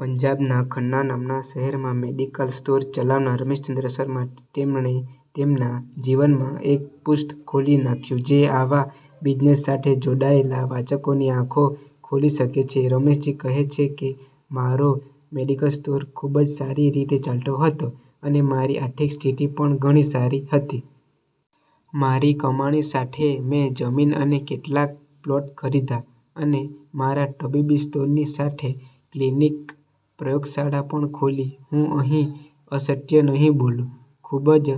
પંજાબના 'ખન્ના' નામના શહેરમાં મેડિકલ સ્ટોર ચલાવનાર રમેશચંદ્ર શર્મા; તેમણે તેમના જીવનમાં એક પૃષ્ઠ ખોલી નાખ્યું, જે આવા બિઝનેસ સાથે જોડાયેલા વાચકોની આંખો ખોલી શકે છે. રમેશજી કહે છે કે મારો મેડિકલ સ્ટોર ખૂબ જ સારી રીતે ચાલતો હતો અને મારી આર્થિક સ્થિતિ પણ ઘણી સારી હતી. મારી કમાણી સાથે મેં જમીન અને કેટલાક પ્લોટ ખરીદ્યા અને મારા તબીબી સ્ટોરની સાથે ક્લિનિકલ પ્રયોગશાળા પણ ખોલી. હું અહીં અસત્ય નહીં બોલું. હું ખૂબ જ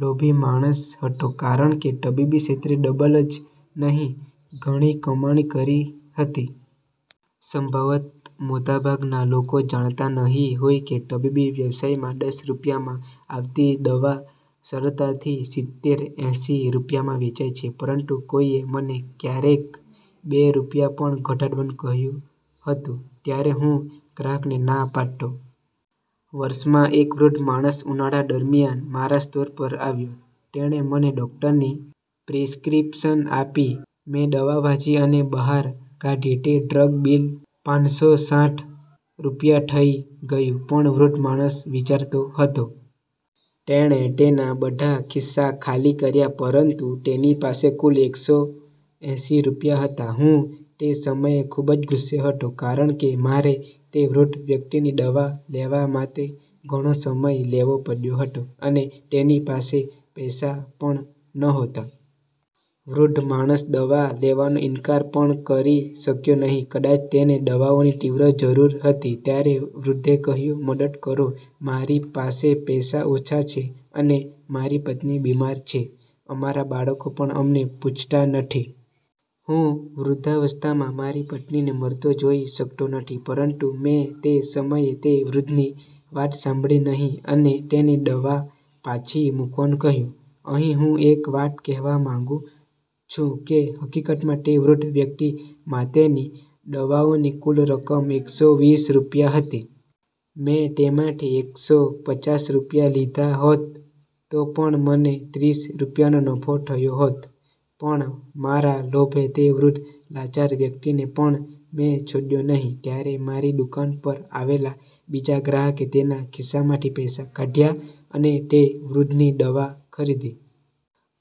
લોભી માણસ હતો, કારણ કે તબીબી ક્ષેત્રે ડબલ જ નહીં, ઘણી કમાણી કરી હતી. સંભવત: મોટાભાગના લોકો જાણતા નહીં હોય કે તબીબી વ્યવસાયમાં દસ રૂપિયામાં આવતી દવા સરળતાથી સિત્તેર -એંસી રૂપિયામાં વેચાય છે. પરંતુ કોઈએ મને ક્યારેક બે રૂપિયા પણ ઘટાડવાનું કહ્યું હતું, ત્યારે હું ગ્રાહકને ના પાડતો. વર્ષ માં એક વૃદ્ધ માણસ ઉનાળા દરમિયાન મારા સ્ટોર પર આવ્યો. તેણે મને ડૉક્ટરની પ્રિસ્ક્રિપ્શન આપી. મેં દવા વાંચી અને બહાર કાઢી તે ડ્રગ બિલ પાનસો સાઠ રૂપિયા થઈ ગયું. પણ વૃદ્ધ માણસ વિચારતો હતો. તેણે તેના બધાં ખિસ્સાં ખાલી કર્યાં, પરંતુ તેની પાસે કુલ એકસો એંસી રૂપિયા હતા. હું તે સમયે ખૂબ જ ગુસ્સે હતો, કારણ કે મારે તે વૃદ્ધ વ્યક્તિની દવા લેવા માટે ઘણો સમય લેવો પડ્યો હતો અને તેની પાસે પૈસા પણ નહોતા. વૃદ્ધ માણસ દવા લેવાનો ઇનકાર પણ કરી શક્યો નહીં. કદાચ તેને દવાઓની તીવ્ર જરૂર હતી. ત્યારે વૃદ્ધે કહ્યું, "મદદ કરો. મારી પાસે પૈસા ઓછા છે અને મારી પત્ની બીમાર છે. અમારાં બાળકો પણ અમને પૂછતાં નથી. હું વૃદ્ધાવસ્થામાં મારી પત્નીને મરતો જોઈ શકતો નથી. " પરંતુ મેં તે સમયે તે વૃદ્ધની વાત સાંભળી નહીં અને તેને દવા પાછી મૂકવાનું કહ્યું. અહીં હું એક વાત કહેવા માંગુ છું કે હકીકતમાં તે વૃદ્ધ વ્યક્તિ માટેની દવાઓની કુલ રકમ એકસો વીસ રૂપિયા હતી. મેં તેમાંથી એકસો પચાસ રૂપિયા લીધા હોત તો પણ મને ત્રીસ રૂપિયાનો નફો થયો હોત. પણ મારા લોભે તે વૃદ્ધ લાચાર વ્યક્તિને પણ મેં છોડ્યો નહીં. ત્યારે મારી દુકાન પર આવેલા બીજા ગ્રાહકે તેના ખિસ્સામાંથી પૈસા કાઢયા અને તે વૃદ્ધની દવા ખરીદી.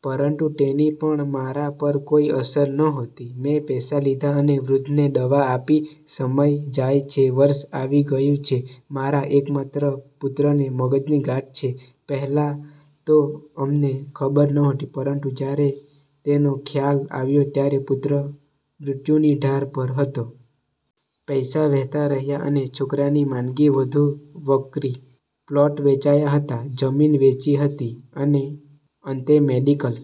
પરંતુ તેની પણ મારા પર કોઈ અસર નહોતી. મેં પૈસા લીધા અને વૃદ્ધને દવા આપી. સમય જાય છે. વર્ષ આવી ગયું છે. મારા એકમાત્ર પુત્રને મગજની ગાંઠ છે. પહેલાં તો અમને ખબર નહોતી, પરંતુ જ્યારે તેનો ખ્યાલ આવ્યો ત્યારે પુત્ર મૃત્યુની ધાર પર હતો. પૈસા વહેતા રહ્યા અને છોકરાની માંદગી વધુ વકરી. પ્લોટ વેચાયા હતા, જમીન વેચી હતી અને અંતે મેડિકલ